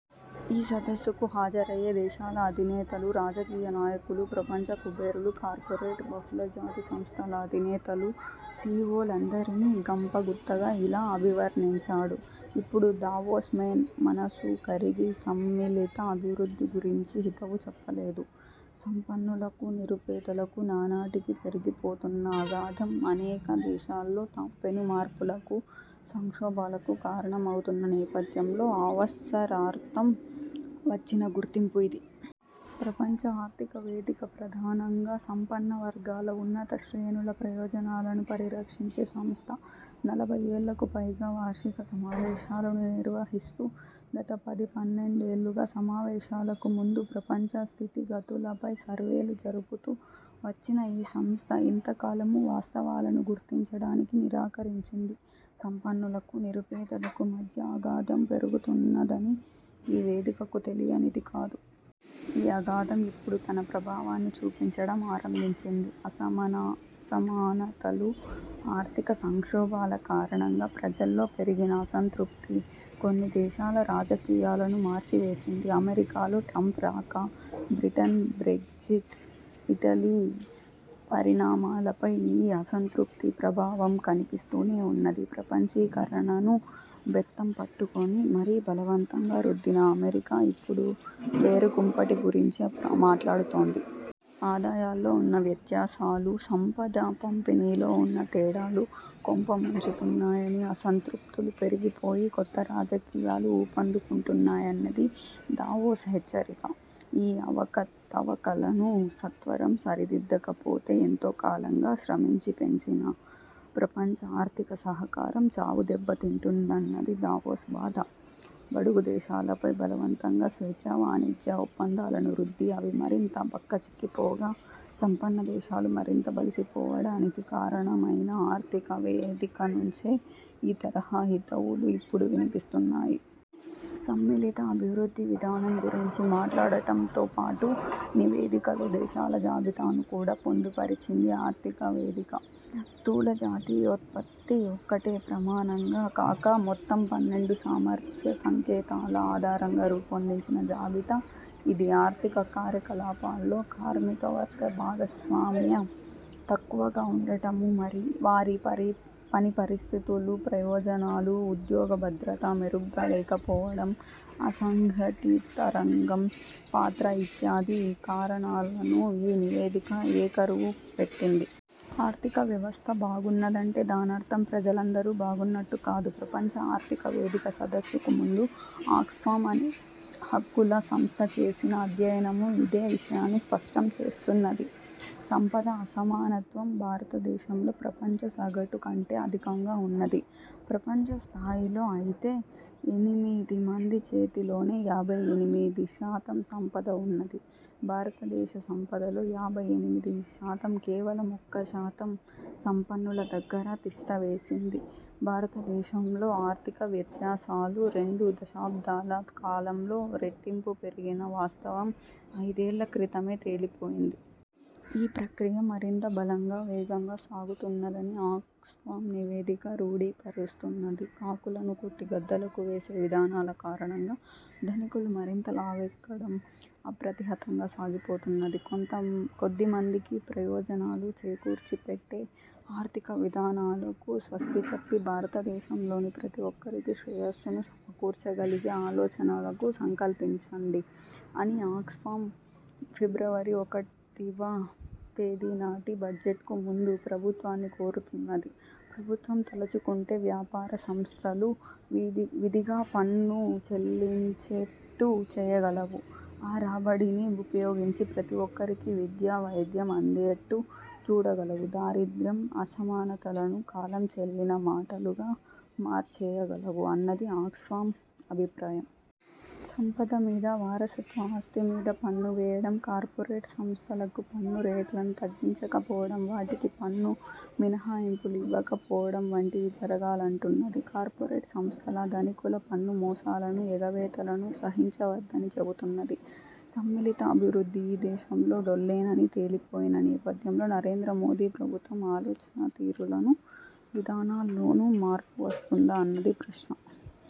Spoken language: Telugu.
ఈ సదస్సుకు హాజరయ్యే దేశాల అధినేతలు, రాజకీయ నాయకులు, ప్రపంచ కుబేరులు, కార్పొరేట్, బహుళజాతి సంస్థల అధినేతలూ, సీవోలందరినీ గంపగుత్తగా ఇలా అభివర్ణించాడు. ఇప్పుడు 'దావోస్ మేన్' మనసు కరిగి సమ్మిళిత అభివృద్ధి గురించి హితవు చెప్పలేదు. సంపన్నులకూ, నిరుపేదలకూ నానాటికీ పెరిగిపోతున్న అగాధం అనేక దేశాల్లో త పెను మార్పులకు, సంక్షోభాలకు కారణమవుతున్న నేపథ్యంలో అవసరార్థం వచ్చిన గుర్తింపు ఇది. ప్రపంచ ఆర్థిక వేదిక ప్రధానంగా సంపన్నవర్గాల, ఉన్నత శ్రేణుల ప్రయోజనాలను పరిరక్షించే సంస్థ. నలభైయ్యేళ్ళకు పైగా వార్షిక సమావేశాలు నిర్వహిస్తూ, గత పదిపన్నెండేళ్ళుగా సమావేశాలకు ముందు ప్రపంచ స్థితిగతులపై సర్వేలు జరుపుతూ వచ్చిన ఈ సంస్థ ఇంతకాలమూ వాస్తవాలను గుర్తించడానికి నిరాకరించింది. సంపన్నులకూ, నిరుపేదలకూ మధ్య ఆగాధం పెరుగుతున్నదని ఈ వేదికకు తెలియనిది కాదు. ఈ అగాధం ఇప్పుడు తన ప్రభావాన్ని చూపించడం ఆరంభించింది. అసమాన సమానతలు, ఆర్థిక సంక్షోభాల కారణంగా ప్రజల్లో పెరిగిన అసంతృప్తి కొన్ని దేశాల రాజకీయాలను మార్చివేసింది. అమెరికాలో ట్రంప్ రాక, బ్రిటన్ బ్రెగ్జిట్, ఇటలీ పరిణామాలపై ఈ అసంతృప్తి ప్రభావం కనిపిస్తూనే ఉన్నది. ప్రపంచీకరణను బెత్తంపట్టుకొని మరీ బలవంతంగా రుద్దిన అమెరికా ఇప్పుడు వేరుకుంపటి గురించి మాట్లాడుతోంది. ఆదాయాల్లో ఉన్న వ్యత్యాసాలు, సంపద పంపిణీలో ఉన్న తేడాలు కొంప ముంచుతున్నాయనీ, అసంతృప్తులు పెరిగిపోయి కొత్త రాజకీయాలు ఊపందుకుంటున్నాయన్నది దావోస్ హెచ్చరిక. ఈ అవకతవకలను సత్వరం సరిదిద్దకపోతే ఎంతోకాలంగా శ్రమించి పెంచిన ప్రపంచ ఆర్థిక సహకారం చావుదెబ్బ తింటుందన్నది దావోస్ బాధ. బడుగుదేశాలపై బలవంతంగా స్వేచ్ఛావాణిజ్య ఒప్పందాలను రుద్ది, అవి మరింత బక్కచిక్కిపోగా సంపన్నదేశాలు మరింత బలిసిపోవడానికి కారణమైన ఆర్థిక వేదికనుంచే ఈ తరహా హితవులు ఇప్పుడు వినిపిస్తున్నాయి. 'సమ్మిళిత అభివృద్ధి' విధానం గురించి మాట్లాడటంతో పాటు నివేదికలో దేశాల జాబితాను కూడా పొందుపరిచింది ఆర్థిక వేదిక. స్థూలజాతీయోత్పత్తి ఒక్కటే ప్రమాణంగా కాక, మొత్తం పన్నెండు సామర్థ్యసంకేతాల ఆధారంగా రూపొందించిన జాబితా ఇది ఆర్థిక కార్యకలాపాల్లో కార్మికవర్గ భాగస్వామ్యం తక్కువగా ఉండటమూ, మరి వారి పరి పనిపరిస్థితులు, ప్రయోజనాలు, ఉద్యోగభద్రత మెరుగ్గా లేకపోవడం, అసంఘటితరంగం పాత్ర ఇత్యాది కారణాలను ఈ నివేదిక ఏకరువుపెట్టింది. ఆర్థికవ్యవస్థ బాగున్నదంటే దానర్థం ప్రజలందరూ బాగున్నట్టు కాదు. ప్రపంచ ఆర్థిక వేదిక సదస్సుకు ముందు ఆక్స్ఫామ్ అనే హక్కుల సంస్థ చేసిన అధ్యయనమూ ఇదే విషయాన్ని స్పష్టం చేస్తున్నది. సంపద అసమానత్వం భారతదేశంలో ప్రపంచసగటు కంటే అధికంగా ఉన్నది. ప్రపంచస్థాయిలో అయితే ఎనిమిదిమంది చేతిలోనే యాభై ఎనిమిది శాతం సంపద ఉన్నది భారతదేశ సంపదలో యాభై ఎనిమిది శాతం కేవలం ఒక్క శాతం సంపన్నుల దగ్గర తిష్టవేసింది భారతదేశంలో ఆర్థిక వ్యత్యాసాలు రెండు దశాబ్దాల కాలంలో రెట్టింపు పెరిగిన వాస్తవం ఐదేళ్ళక్రితమే తేలిపోయింది. ఆ ప్రక్రియ మరింత బలంగా వేగంగా సాగుతున్నదని ఆక్స్ఫామ్ నివేదిక రూఢీ పరుస్తున్నది. కాకులను కొట్టి గద్దలకు వేసే విధానాల కారణంగా ధనికులు మరింత లావెక్కడం అప్రతిహతంగా సాగిపోతున్నది. కొంత కొద్దిమందికి ప్రయోజనాలు చేకూర్చిపెట్టే ఆర్థికవిధానాలకు స్వస్తిచెప్పి భారతదేశంలోని ప్రతి ఒక్కరికీ శ్రేయస్సును సమకూర్చగలిగే ఆలోచనలకు సంకల్పించండి అని ఆక్స్ఫామ్ ఫిబ్రవరి ఒకటివ తేదీనాటి బడ్జెట్కు ముందు ప్రభుత్వాన్ని కోరుతున్నది ప్రభుత్వం తలచుకుంటే వ్యాపార సంస్థలు వి విధిగా పన్ను చెల్లించేట్టు చేయగలవు, ఆ రాబడిని ఉపయోగించి ప్రతి ఒక్కరికీ విద్య, వైద్యం అందేట్టు చూడగలవు, దారిద్ర్యం, అసమానతలను కాలంచెల్లిన మాటలుగా మార్చేయగలవు అన్నది ఆక్స్ఫామ్ అభిప్రాయం. సంపదమీద, వారసత్వ ఆస్తిమీద పన్ను వేయడం, కార్పొరేట్ సంస్థలకు పన్ను రేట్లను తగ్గించకపోవడం, వాటికి పన్ను మినహాయింపులు ఇవ్వకపోవడం వంటివి జరగాలంటున్నది. కార్పొరేట్ సంస్థల, ధనికుల పన్నుమోసాలనూ ఎగవేతలనూ సహించవద్దని చెబుతున్నది. సమ్మిళిత అభివృద్ధి ఈ దేశంలో డొల్లేనని తేలిపోయిన నేపథ్యంలో నరేంద్రమోదీ ప్రభుత్వం ఆలోచనాతీరులనూ, విధానాల్లోనూ మార్పువస్తుందా అన్నది ప్రశ్న.